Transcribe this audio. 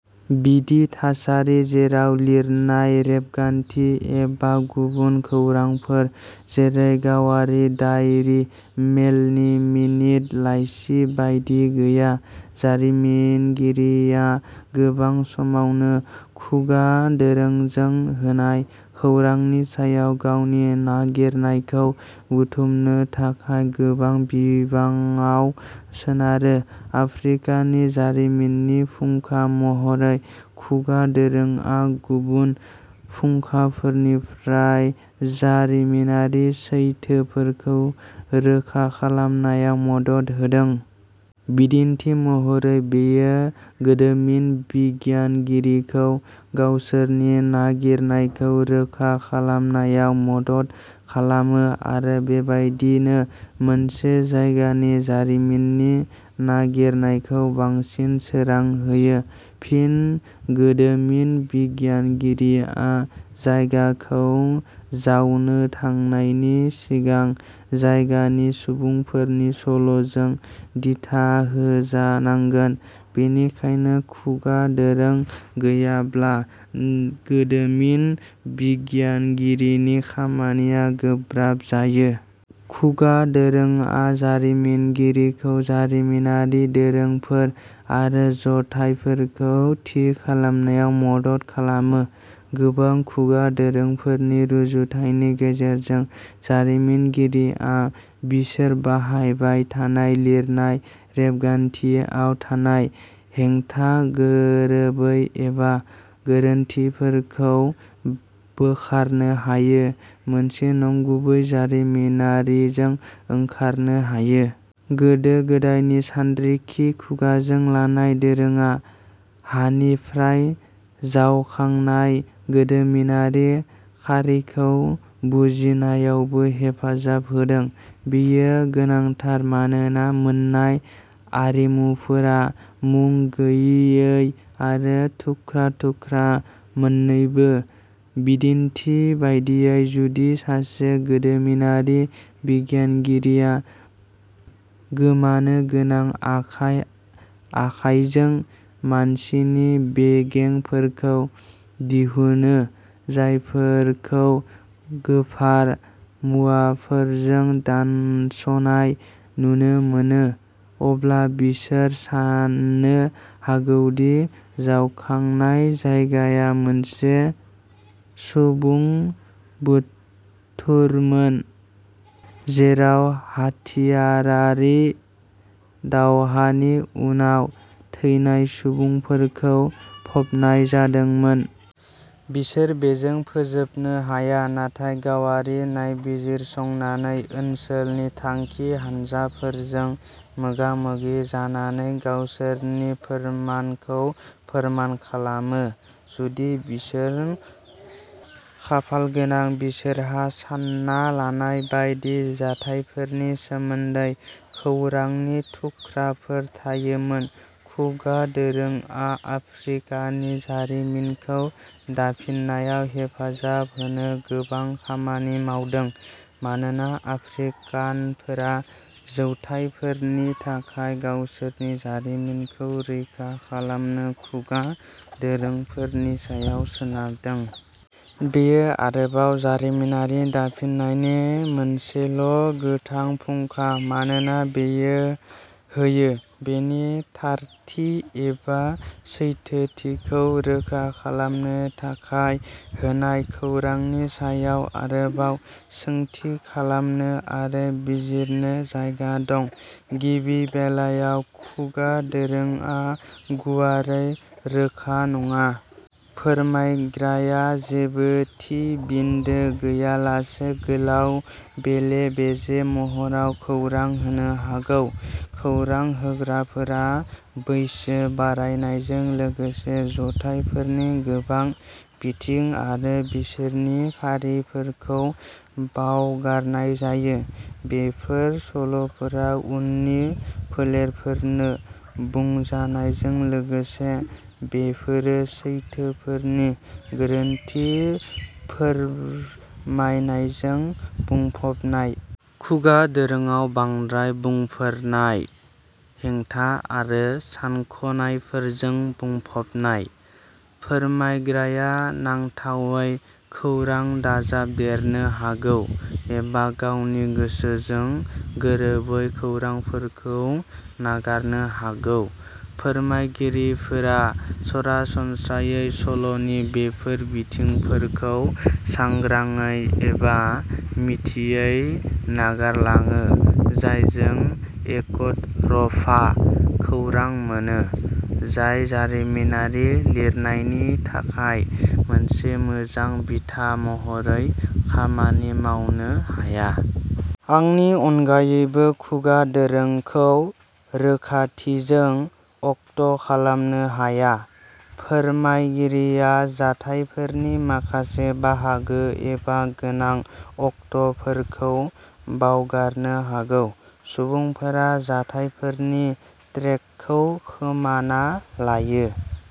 बिदि थासारि जेराव लिरनाय रेबगान्थि एबा गुबुन खौरांफोर जेरै गावारि दाइरि मेलनि मिनित लाइसि बायदि गैया जारिमिनगिरिया गोबां समावनो खुगा दोरोंजों होनाय खौरांनि सायाव गावनि नागिरनायखौ बुथुमनो थाखाय गोबां बिबाङाव सोनारो। आफ्रिकानि जारिमिननि फुंखा महरै खुगा दोरोंआ गुबुन फुंखाफोरनिफ्राय जारिमिनारि सैथोफोरखौ रोखा खालामनायाव मदद होदों। बिदिन्थि महरै बेयो गोदोमिन बिगियानगिरिखौ गावसोरनि नागिरनायखौ रोखा खालामनायाव मदद खालामो आरो बेबादिनो मोनसे जायगानि जारिमिननि नागिरनायखौ बांसिन सोरां होयो। फिन गोदोमिन बिगियानगिरिया जायगाखौ जावनो थांनायनि सिगां जायगानि सुबुंफोरनि सल'जों दिथा होजानांगोन। बेनिखायनो खुगा दोरों गैयाब्ला गोदोमिन बिगियानगिरिनि खामानिया गोब्राब जायो। खुगा दोरोंआ जारिमिनगिरिखौ जारिमिनारि दोरोंफोर आरो जाथायफोरखौ थि खालामनायाव मदद खालामो। गोबां खुगा दोरोंफोरनि रुजुथायनि गेजेरजों जारिमिनगिरिया बिसोर बाहायबाय थानाय लिरनाय रेबगान्थियाव थानाय हेंथा गोरोबै एबा गोरोन्थिफोरखौ बोखारनो हायो मोनसे नंगुबै जारिमिनारिजों ओंखारनो हायो। गोदो गोदायनि सानरिखि। खुगाजों लानाय दोरोङा हानिफ्राय जावखांनाय गोदोमिनारि खारिखौ बुजिनायावबो हेफाजाब होदों। बेयो गोनांथार मानोना मोन्नाय आरिमुफोरा मुं गैयै आरो थुख्रा थुख्रा मोन्नैबो। बिदिन्थि बायदियै जुदि सासे गोदोमिनारि बिगियानगिरिया गोमानो गोनां आखाइ आखाइजों मानसिनि बेगेंफोरखौ दिहुनो जायफोरखौ गोफार मुवाफोरजों दानस'नाय नुनो मोनो अब्ला बिसोर साननो हागौ दि जावखांनाय जायगाया मोनसे सुबुं बुथुरमोन जेराव हाथियारारि दावहानि उनाव थैनाय सुबुंफोरखौ फबनाय जादोंमोन। बिसोर बेजों फोजोबनो हाया नाथाय गावआरि नायबिजिरसंनानै, ओनसोलनि थांखि हानजाफोरजों मोगा मोगि जानानै गावसोरनि फोरमानखौ फोरमान खालामो। जुदि बिसोर खाफालगोनां बिसोरहा सानना लानाय बायदि जाथायफोरनि सोमोन्दै खौरांनि थुख्राफोर थायोमोन। खुगा दोरोङा आफ्रिकानि जारिमिनखौ दाफिननायाव हेफाजाब होनो गोबां खामानि मावदों मानोना आफ्रिकानफोरा जौथायफोरनि थाखाय गावसोरनि जारिमिनखौ रैखा खालामनो खुगा दोरोंफोरनि सायाव सोनारदों। बेयो आरोबाव जारिमिनारि दाफिननायनि मोनसेल'गोथां फुंखा मानोना बेयो होयो। बेनि थारथि एबा सैथोथिखौ रोखा खालामनो थाखाय होनाय खौरांनि सायाव आरोबाव सोंथि खालामनो आरो बिजिरनो जायगा दं। गिबि बेलायाव खुगा दोरोङा गुवारै रोखा नङा। फोरमायग्राया जेबो थि बिन्दो गैयालासे गोलाव बेले बेजे महराव खौरां होनो हागौ। खौरां होग्राफोरा बैसो बारायनायजों लोगोसे जाथायफोरनि गोनां बिथिं आरो बिसोरनि फारिफोरखौ बावगारनाय जायो। बेफोर सल'फोरा उननि फोलेरफोरनो बुंजानायजों लोगोसे बेफोरो सैथोफोरनि गोरोन्थि फोरमायनायजों बुंफबनाय। खुगा दोरोङाव बांद्राय बुंफोरनाय हेंथा आरो सानख'नायफोरजों बुंफबनाय। फोरमायग्राया नांथावै खौरां दाजाबदेरनो हागौ एबा गावनि गोसोजों गोरोबै खौरांफोरखौ नागारनो हागौ। फोरमायगिरिफोरा सरासनस्रायै सल'नि बेफोर बिथिंफोरखौ सांग्रांयै एबा मिथियै नागारलाङो जायजों एकतरफा खौरां मोनो जाय जारिमिनारि लिरनायनि थाखाय मोनसे मोजां बिथा महरै खामानि मावनो हाया। आंनि अनगायैबो खुगा दोरोंखौ रोखाथिजों अक्ट'खालामनो हाया। फोरमायगिरिया जाथायफोरनि माखासे बाहागो एबा गोनां अक्ट'फोरखौ बावगारनो हागौ। सुबुंफोरा जाथायफोरनि ट्रेकखौ खोमाना लायो।